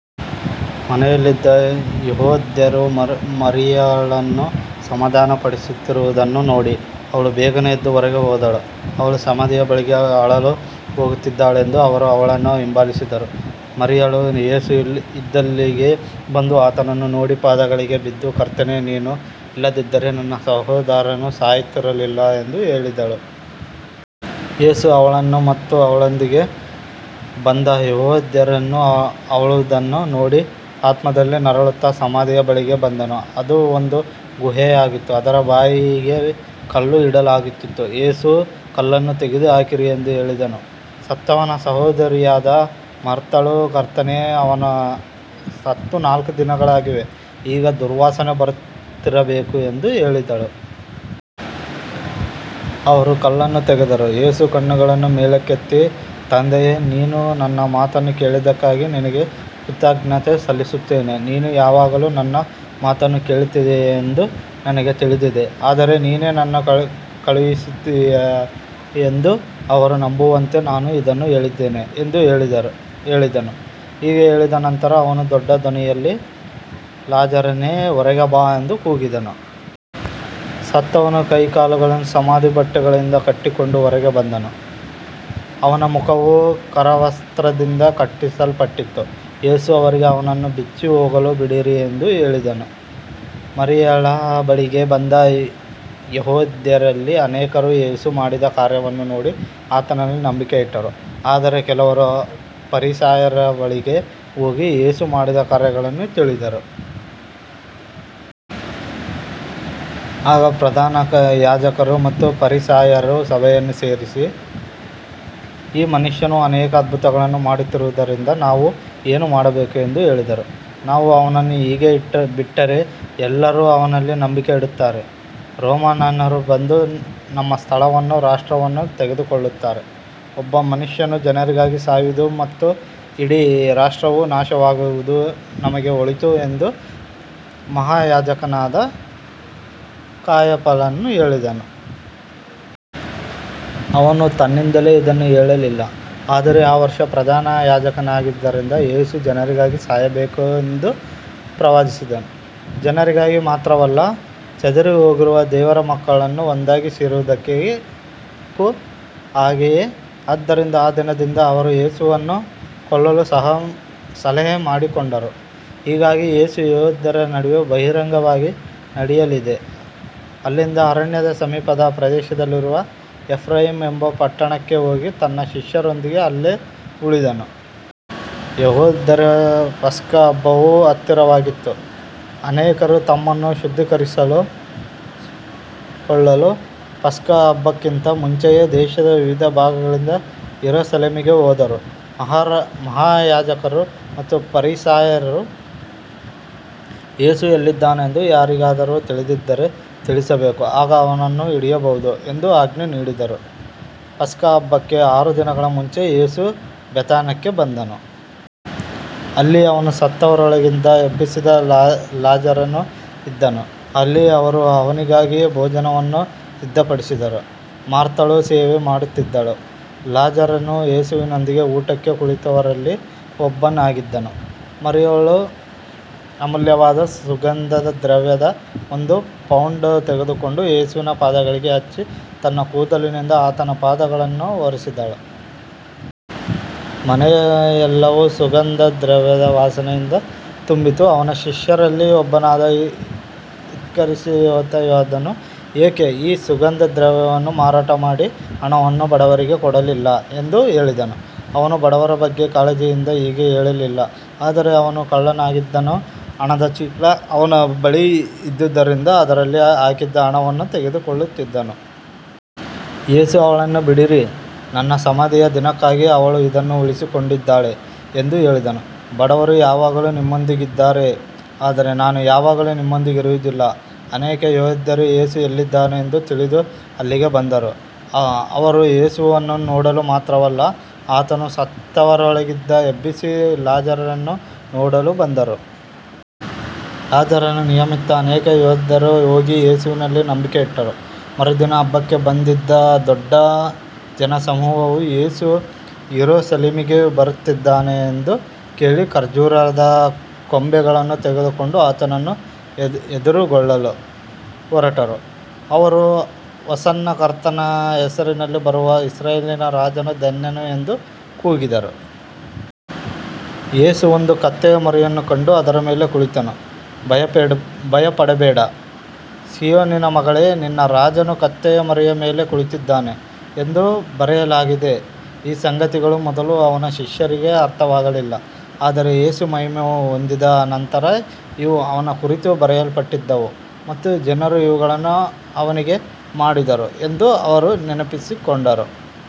ಮನೆಯಲ್ಲಿದ್ದ ಯೆಹೂದ್ಯರು ಮರಿಯಳನ್ನು ಸಮಾಧಾನಪಡಿಸುತ್ತಿರುವುದನ್ನು ನೋಡಿ ಅವಳು ಬೇಗನೆ ಎದ್ದು ಹೊರಗೆ ಹೋದಳು. ಅವಳು ಸಮಾಧಿಯ ಬಳಿಗೆ ಅಳಲು ಹೋಗುತ್ತಿದ್ದಾಳೆಂದು ಅವರು ಅವಳನ್ನು ಹಿಂಬಾಲಿಸಿದರು. ಮರಿಯಳು ಯೇಸು ಇದ್ದಲ್ಲಿಗೆ ಬಂದು ಆತನನ್ನು ನೋಡಿ ಪಾದಗಳಿಗೆ ಬಿದ್ದು, ಕರ್ತನೇ, ನೀನು ಇಲ್ಲಿದ್ದರೆ ನನ್ನ ಸಹೋದರನು ಸಾಯುತ್ತಿರಲಿಲ್ಲ ಎಂದು ಹೇಳಿದಳು. ಯೇಸು ಅವಳನ್ನು ಮತ್ತು ಅವಳೊಂದಿಗೆ ಬಂದ ಯೆಹೂದ್ಯರನ್ನು ಅಳುವುದನ್ನು ನೋಡಿ ಆತ್ಮದಲ್ಲಿ ನರಳುತ್ತಾ ಸಮಾಧಿಯ ಬಳಿಗೆ ಬಂದನು. ಅದು ಒಂದು ಗುಹೆಯಾಗಿತ್ತು, ಅದರ ಬಾಯಿಗೆ ಕಲ್ಲು ಇಡಲಾಗಿತ್ತು. ಯೇಸು, ಕಲ್ಲನ್ನು ತೆಗೆದುಹಾಕಿರಿ ಎಂದು ಹೇಳಿದನು. ಸತ್ತವನ ಸಹೋದರಿಯಾದ ಮಾರ್ಥಳು, ಕರ್ತನೇ, ಅವನು ಸತ್ತು ನಾಲ್ಕು ದಿನಗಳಾಗಿವೆ, ಈಗ ದುರ್ವಾಸನೆ ಬರುತ್ತಿರಬೇಕು ಎಂದು ಹೇಳಿದಳು. ಅವರು ಕಲ್ಲನ್ನು ತೆಗೆದರು. ಯೇಸು ಕಣ್ಣುಗಳನ್ನು ಮೇಲಕ್ಕೆತ್ತಿ, ತಂದೆಯೇ, ನೀನು ನನ್ನ ಮಾತನ್ನು ಕೇಳಿದ್ದಕ್ಕಾಗಿ ನಿನಗೆ ಕೃತಜ್ಞತೆ ಸಲ್ಲಿಸುತ್ತೇನೆ. ನೀನು ಯಾವಾಗಲೂ ನನ್ನ ಮಾತನ್ನು ಕೇಳುತ್ತೀಯೆಂದು ನನಗೆ ತಿಳಿದಿದೆ, ಆದರೆ ನೀನೇ ನನ್ನನ್ನು ಕಳುಹಿಸಿದ್ದೀಯೆಂದು ಅವರು ನಂಬುವಂತೆ ನಾನು ಇದನ್ನು ಹೇಳಿದ್ದೇನೆ ಎಂದು ಹೇಳಿದನು. ಹೀಗೆ ಹೇಳಿದ ನಂತರ ಅವನು ದೊಡ್ಡ ಧ್ವನಿಯಲ್ಲಿ, ಲಾಜರನೇ, ಹೊರಗೆ ಬಾ ಎಂದು ಕೂಗಿದನು. ಸತ್ತವನು ಕೈಕಾಲುಗಳನ್ನು ಸಮಾಧಿ ಬಟ್ಟೆಗಳಿಂದ ಕಟ್ಟಿಕೊಂಡು ಹೊರಗೆ ಬಂದನು, ಅವನ ಮುಖವೂ ಕರವಸ್ತ್ರದಿಂದ ಕಟ್ಟಲ್ಪಟ್ಟಿತ್ತು. ಯೇಸು ಅವರಿಗೆ, ಅವನನ್ನು ಬಿಚ್ಚಿ ಹೋಗಲು ಬಿಡಿರಿ ಎಂದು ಹೇಳಿದನು. ಮರಿಯಳ ಬಳಿಗೆ ಬಂದ ಯೆಹೂದ್ಯರಲ್ಲಿ ಅನೇಕರು ಯೇಸು ಮಾಡಿದ ಕಾರ್ಯವನ್ನು ನೋಡಿ ಆತನಲ್ಲಿ ನಂಬಿಕೆ ಇಟ್ಟರು. ಆದರೆ ಕೆಲವರು ಫರಿಸಾಯರ ಬಳಿಗೆ ಹೋಗಿ ಯೇಸು ಮಾಡಿದ ಕಾರ್ಯಗಳನ್ನು ತಿಳಿಸಿದರು. ಆಗ ಪ್ರಧಾನ ಯಾಜಕರು ಮತ್ತು ಫರಿಸಾಯರು ಸಭೆಯನ್ನು ಸೇರಿಸಿ, ಈ ಮನುಷ್ಯನು ಅನೇಕ ಅದ್ಭುತಗಳನ್ನು ಮಾಡುತ್ತಿರುವುದರಿಂದ ನಾವು ಏನು ಮಾಡಬೇಕು ಎಂದು ಹೇಳಿದರು. ನಾವು ಅವನನ್ನು ಹೀಗೆ ಬಿಟ್ಟರೆ ಎಲ್ಲರೂ ಅವನಲ್ಲಿ ನಂಬಿಕೆ ಇಡುತ್ತಾರೆ, ರೋಮನ್ನರು ಬಂದು ನಮ್ಮ ಸ್ಥಳವನ್ನೂ ರಾಷ್ಟ್ರವನ್ನೂ ತೆಗೆದುಕೊಳ್ಳುತ್ತಾರೆ. ಒಬ್ಬ ಮನುಷ್ಯನು ಜನರಿಗಾಗಿ ಸಾಯುವುದು ಮತ್ತು ಇಡೀ ರಾಷ್ಟ್ರವು ನಾಶವಾಗದಿರುವುದು ನಮಗೆ ಒಳಿತು ಎಂದು ಮಹಾಯಾಜಕನಾದ ಕಾಯಫನು ಹೇಳಿದನು. ಅವನು ತನ್ನಿಂದಲೇ ಇದನ್ನು ಹೇಳಲಿಲ್ಲ, ಆದರೆ ಆ ವರ್ಷ ಪ್ರಧಾನ ಯಾಜಕನಾಗಿದ್ದರಿಂದ ಯೇಸು ಜನರಿಗಾಗಿ ಸಾಯಬೇಕೆಂದು ಪ್ರವಾದಿಸಿದನು. ಜನರಿಗಾಗಿ ಮಾತ್ರವಲ್ಲ, ಚದುರಿಹೋಗಿರುವ ದೇವರ ಮಕ್ಕಳನ್ನು ಒಂದಾಗಿ ಸೇರಿಸುವುದಕ್ಕೂ ಹಾಗೆಯೇ. ಆದ್ದರಿಂದ ಆ ದಿನದಿಂದ ಅವರು ಯೇಸುವನ್ನು ಕೊಲ್ಲಲು ಸಲಹೆ ಮಾಡಿಕೊಂಡರು. ಹೀಗಾಗಿ ಯೇಸು ಯೆಹೂದ್ಯರ ನಡುವೆ ಬಹಿರಂಗವಾಗಿ ನಡೆಯದೆ ಅಲ್ಲಿಂದ ಅರಣ್ಯದ ಸಮೀಪದ ಪ್ರದೇಶದಲ್ಲಿರುವ ಎಫ್ರಾಯೀಮ್ ಎಂಬ ಪಟ್ಟಣಕ್ಕೆ ಹೋಗಿ ತನ್ನ ಶಿಷ್ಯರೊಂದಿಗೆ ಅಲ್ಲೇ ಉಳಿದನು. ಯೆಹೂದ್ಯರ ಪಸ್ಕಹಬ್ಬವು ಹತ್ತಿರವಾಗಿತ್ತು. ಅನೇಕರು ತಮ್ಮನ್ನು ಶುದ್ಧೀಕರಿಸಿಕೊಳ್ಳಲು ಪಸ್ಕಹಬ್ಬಕ್ಕಿಂತ ಮುಂಚೆಯೇ ದೇಶದ ವಿವಿಧ ಭಾಗಗಳಿಂದ ಯೆರೂಸಲೇಮಿಗೆ ಹೋದರು. ಮಹಾಯಾಜಕರು ಮತ್ತು ಫರಿಸಾಯರು, ಯೇಸು ಎಲ್ಲಿದ್ದಾನೆಂದು ಯಾರಿಗಾದರೂ ತಿಳಿದಿದ್ದರೆ ತಿಳಿಸಬೇಕು, ಆಗ ಅವನನ್ನು ಹಿಡಿಯಬಹುದು ಎಂದು ಆಜ್ಞೆ ನೀಡಿದ್ದರು. ಪಸ್ಕಹಬ್ಬಕ್ಕೆ ಆರು ದಿನಗಳ ಮುಂಚೆ ಯೇಸು ಬೇಥಾನ್ಯಕ್ಕೆ ಬಂದನು. ಅಲ್ಲಿ ಅವನು ಸತ್ತವರೊಳಗಿಂದ ಎಬ್ಬಿಸಿದ ಲಾಜರನು ಇದ್ದನು. ಅಲ್ಲಿ ಅವರು ಅವನಿಗಾಗಿ ಭೋಜನವನ್ನು ಸಿದ್ಧಪಡಿಸಿದರು. ಮಾರ್ಥಳು ಸೇವೆ ಮಾಡುತ್ತಿದ್ದಳು, ಲಾಜರನು ಯೇಸುವಿನೊಂದಿಗೆ ಊಟಕ್ಕೆ ಕುಳಿತವರಲ್ಲಿ ಒಬ್ಬನಾಗಿದ್ದನು. ಮರಿಯಳು ಅಮೂಲ್ಯವಾದ ಸುಗಂಧದ್ರವ್ಯದ ಒಂದು ಪೌಂಡ್ ತೆಗೆದುಕೊಂಡು ಯೇಸುವಿನ ಪಾದಗಳಿಗೆ ಹಚ್ಚಿ ತನ್ನ ಕೂದಲಿನಿಂದ ಆತನ ಪಾದಗಳನ್ನು ಒರೆಸಿದಳು. ಮನೆಯೆಲ್ಲವೂ ಸುಗಂಧದ್ರವ್ಯದ ವಾಸನೆಯಿಂದ ತುಂಬಿತು. ಅವನ ಶಿಷ್ಯರಲ್ಲಿ ಒಬ್ಬನಾದ ಇಸ್ಕರಿಯೋತ ಯೂದನು, ಏಕೆ ಈ ಸುಗಂಧದ್ರವ್ಯವನ್ನು ಮಾರಾಟ ಮಾಡಿ ಹಣವನ್ನು ಬಡವರಿಗೆ ಕೊಡಲಿಲ್ಲ ಎಂದು ಹೇಳಿದನು. ಅವನು ಬಡವರ ಬಗ್ಗೆ ಕಾಳಜಿಯಿಂದ ಹೀಗೆ ಹೇಳಲಿಲ್ಲ, ಆದರೆ ಅವನು ಕಳ್ಳನಾಗಿದ್ದನು. ಹಣದ ಚೀಲ ಅವನ ಬಳಿ ಇದ್ದುದರಿಂದ ಅದರಲ್ಲಿ ಹಾಕಿದ್ದ ಹಣವನ್ನು ತೆಗೆದುಕೊಳ್ಳುತ್ತಿದ್ದನು. ಯೇಸು, ಅವಳನ್ನು ಬಿಡಿರಿ, ನನ್ನ ಸಮಾಧಿಯ ದಿನಕ್ಕಾಗಿ ಅವಳು ಇದನ್ನು ಉಳಿಸಿಕೊಂಡಿದ್ದಾಳೆ ಎಂದು ಹೇಳಿದನು. ಬಡವರು ಯಾವಾಗಲೂ ನಿಮ್ಮೊಂದಿಗಿದ್ದಾರೆ, ಆದರೆ ನಾನು ಯಾವಾಗಲೂ ನಿಮ್ಮೊಂದಿಗಿರುವುದಿಲ್ಲ. ಅನೇಕ ಯೆಹೂದ್ಯರು ಯೇಸು ಅಲ್ಲಿದ್ದಾನೆಂದು ತಿಳಿದು ಅಲ್ಲಿಗೆ ಬಂದರು. ಅವರು ಯೇಸುವನ್ನು ನೋಡಲು ಮಾತ್ರವಲ್ಲ, ಆತನು ಸತ್ತವರೊಳಗಿಂದ ಎಬ್ಬಿಸಿದ ಲಾಜರನನ್ನೂ ನೋಡಲು ಬಂದರು. ಲಾಜರನ ನಿಮಿತ್ತ ಅನೇಕ ಯೆಹೂದ್ಯರು ಹೋಗಿ ಯೇಸುವಿನಲ್ಲಿ ನಂಬಿಕೆ ಇಟ್ಟರು. ಮರುದಿನ ಹಬ್ಬಕ್ಕೆ ಬಂದಿದ್ದ ದೊಡ್ಡ ಜನಸಮೂಹವು ಯೇಸು ಯೆರೂಸಲೇಮಿಗೆ ಬರುತ್ತಿದ್ದಾನೆಂದು ಕೇಳಿ ಖರ್ಜೂರದ ಕೊಂಬೆಗಳನ್ನು ತೆಗೆದುಕೊಂಡು ಆತನನ್ನು ಎದುರುಗೊಳ್ಳಲು ಹೊರಟರು. ಅವರು, ಹೊಸನ್ನಾ, ಕರ್ತನ ಹೆಸರಿನಲ್ಲಿ ಬರುವ ಇಸ್ರಾಯೇಲಿನ ರಾಜನು ಧನ್ಯನು ಎಂದು ಕೂಗಿದರು. ಯೇಸು ಒಂದು ಕತ್ತೆಯ ಮರಿಯನ್ನು ಕಂಡು ಅದರ ಮೇಲೆ ಕುಳಿತನು. ಭಯಪಡಬೇಡ, ಸೀಯೋನಿನ ಮಗಳೇ, ನಿನ್ನ ರಾಜನು ಕತ್ತೆಯ ಮರಿಯ ಮೇಲೆ ಕುಳಿತಿದ್ದಾನೆ ಎಂದು ಬರೆಯಲಾಗಿದೆ. ಈ ಸಂಗತಿಗಳು ಮೊದಲು ಅವನ ಶಿಷ್ಯರಿಗೆ ಅರ್ಥವಾಗಲಿಲ್ಲ. ಆದರೆ ಯೇಸು ಮಹಿಮೆ ಹೊಂದಿದ ನಂತರ, ಇವು ಅವನ ಕುರಿತು ಬರೆಯಲ್ಪಟ್ಟಿದ್ದವು ಮತ್ತು ಜನರು ಇವುಗಳನ್ನು ಅವನಿಗೆ ಮಾಡಿದರು ಎಂದು ಅವರು ನೆನಪಿಸಿಕೊಂಡರು.